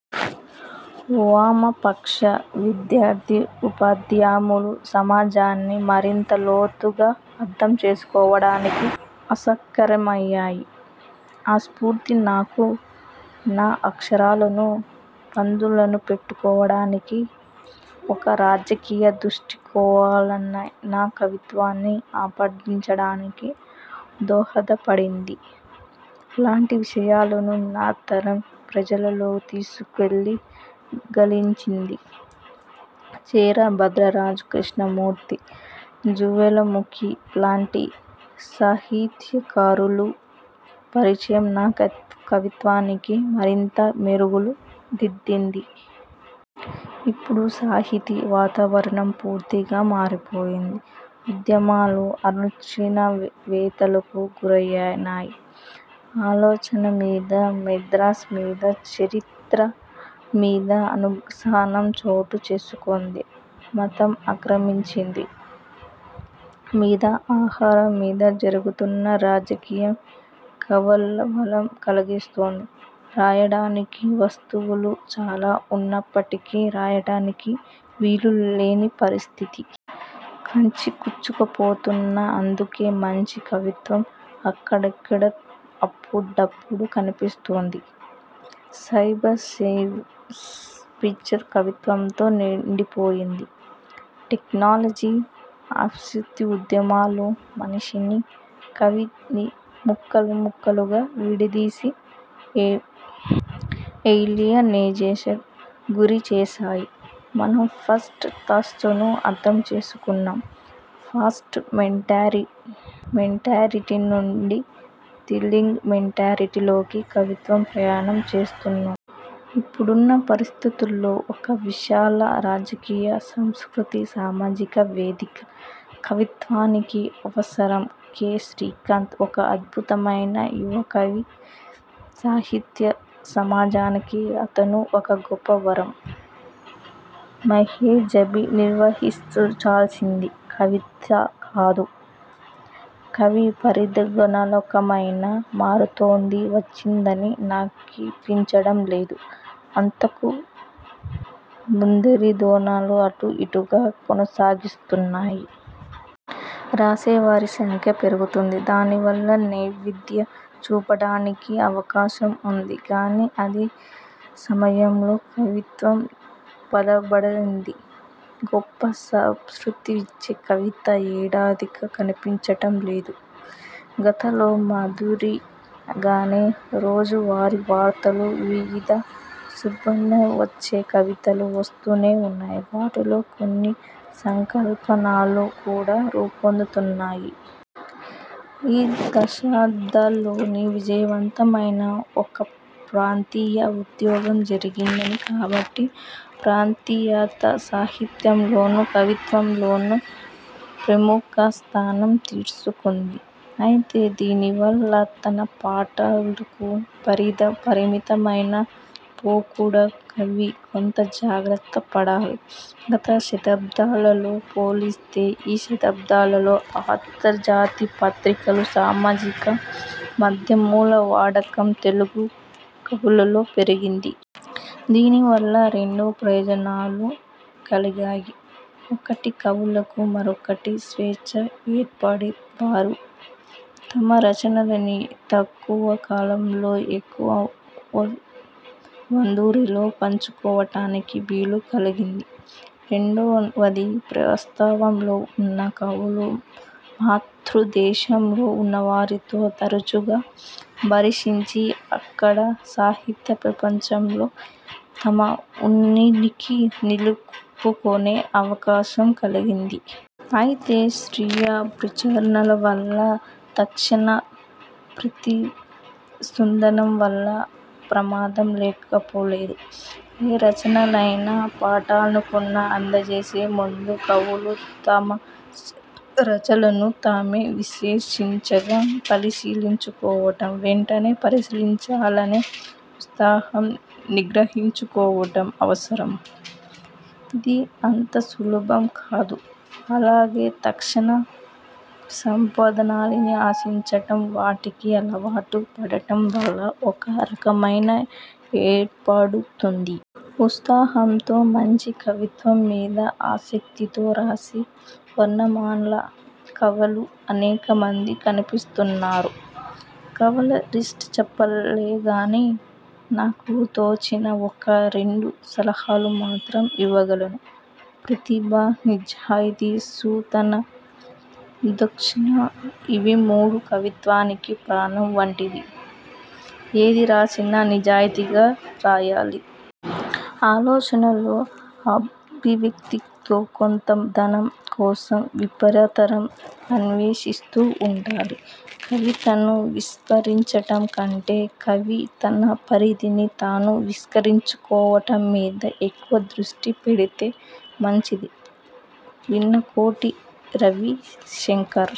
వామపక్ష విద్యార్థి ఉద్యమాలు సమాజాన్ని మరింత లోతుగా అర్థం చేసుకోవడానికి ఆస్కారమయ్యాయి. ఆ స్ఫూర్తి, నాకు నా అక్షరాలను పదునుపెట్టుకోవడానికీ, ఒక రాజకీయ దృష్టికోణాన్ని నా కవిత్వాన్ని ఆపాదించడానికీ దోహదపడింది లాంటి విషయాలను నా తరం ప్రజల్లోకి తీసుకువెళ్ళ గలిగింది. చేరా, భద్రిరాజు కృష్ణమూర్తి, జ్వాలాముఖి లాంటి సాహితీకారుల పరిచయం నా కవిత్వానికి మరింత మెరుగులు దిద్దింది. ఇప్పుడు సాహితీ వాతావరణం పూర్తిగా మారిపోయింది. ఉద్యమాలు అణచివేత లాకు గురైనాయి. ఆలోచన మీద, మేధస్సు మీద, చరిత్ర మీద అసహనం చోటు చేసుకుంది. మతం ఆక్రమించింది. మీద, ఆహారం మీద జరుగుతున్న రాజకీయం కలవరం కలిగిస్తుంది. రాయడానికి వస్తువు చాలా ఉన్నప్పటికీ, రాయడానికి వీలు లేని పరిస్థితి. కుంచించుకుపోతున్న అందుకే మంచి కవిత్వం అక్కడక్కడ అప్పుడప్పడు కనిపిస్తుంది. సైబర్ స్పేస్ పిచ్చి కవిత్వంతో నిండిపోయింది. టెక్నాలజీ, అస్తిత్వ ఉద్యమాలు మనిషినీ, కవినీ ముక్కలు ముక్కలుగా విడదీసి ఏలియనేషన్కు గురిచేసాయి. మనం పోస్ట్ ట్రూతని అర్థం చేసుకున్నాం. పోస్ట్ మెడర్నిటీ నుండి లిక్విడ్ మెడర్నిటీలోకి కవిత్వ ప్రయాణం చేస్తున్నాం. ఇప్పుడున్న పరిస్థితుల్లో ఒక విశాల రాజకీయ, సాంస్కృతిక, సామాజిక వేదిక కవిత్వానికి అవసరం. కె. శ్రీకాంత్ ఒక అద్భుతమైన యువ కవి. సాహి థ్యా సమాజానికి అతను ఒక గొప్ప వరం. మహెజబీన్విస్తరించాల్సింది కవిత కాదు, కవి పరిధిగుణాత్మకమైన మార్పేదో వచ్చిందని నాకనిపించటం లేదు. అంతకు ముందరి ధోరణులే అటూ ఇటూగా కొనసాగుతున్నాయి. రాసేవారి సంఖ్య పెరుగుతుంది. దానివల్ల వైవిధ్యం చూపించటానికి అవకాశం ఉంది గాని, అదే సమయంలో కవిత్వం పలచబడింది. గొప్ప సంతృప్తినిచ్చే కవిత ఎడాధికో కనిపించటం లేదు. గతంలో మాదిరి గానే, రోజువారీ వార్తల మీద స్పందనగా వచ్చే కవితలు వస్తూనే ఉన్నాయి. వాటిలో కొన్ని సంకలనాలుగా కూడా రూపొందుతున్నాయి. ఈ దశాబ్దలో ని విజయవంతమైన ఒక ప్రాంతీయ ఉద్యమం జరిగింది కాబట్టి, ప్రాంతీయత సాహిత్యంలోనూ, కవిత్వంలోనూ ప్రముఖ స్థానం తీసుకుంది. ఐతే, దీనివల్ల తన పాఠకుల పరిధి పరిమితమై పోకుండా కవి కొంత జాగ్రత్త పడాలి. గత శాథాబ్దాలతో పోలిస్తే, ఈ శా థాబ్దిలో అంతర్జాల పత్రికలు, సామాజిక మాధ్యమాల వాడకం తెలుగు కవుల్లో పెరిగింది. దీనివల్ల రెండు ప్రయోజనాలు కలిగాయి. ఒకటి కవులకు మరికొం టి స్వేచ్ఛ ఏర్పడి, వారు తమ రచనల్ని తక్కువ కాలంలో ఎక్కువమందితో పంచుకోవటానికి వీలు కలిగింది. రెండవది, ప్రవాసంలో ఉన్న కవులు మాతృదేశంలో ఉన్నవారితో తరచుగా సంభాషించి అక్కడి సాహిత్య ప్రపంచంలో తమ ఉనికి కి నిలుపుకొనే అవకాశం కలిగింది. ఐతే, స్వీయ ప్రచురణ వల్ల, తక్షణ ప్రతిస్పందనల వల్ల ప్రమాదం లేకపోలేదు. ఏ రచననైనా పాఠ నుకున అందించే ముందు, కవులు తమ రచనను తామే నిశితంగా పరిశీలించుకోవటం, వెంటనే ప్రచురించాలనే ఉత్సాహాన్ని నిగ్రహించుకోవటం అవసరం. ఇది అంత సులభం కాదు. అలాగే, తక్షణ స్పందనల్ని ఆశించటం, వాటికి అలవాటు పడటం వల్ల ఒక రకమైన ఏర్పడుతుంది. ఉత్సాహంతో, మంచి కవిత్వం మీద ఆసక్తితో రాసే వర్దమాన కవులు అనేక మంది కనిపిస్తున్నారు. కవుల లిష్టు చెప్పలేనుగాని, నాకు తోచిన ఒఖ రెండు సలహాలు మాత్రం ఇవ్వగలను. ప్రతిభ, నిజాయితీ, సుతన దృష్ట ఇవి మూడూ కవిత్వానికి ప్రాణం వంటివి. ఏది రాసినా నిజాయితీగా రాయాలి. ఆలోచనలో, అభివ్యక్తిలో కొత్తదనం కోసం నిరంతరం అన్వేషిస్తూ ఉండాలి. కవితను విస్తరించటం కంటే, కవి తన పరిధిని తాను విస్తరించుకోవటం మీద ఎక్కువ దృష్టి పెడితే మంచిది. విన్నకో టి రవిశంకర్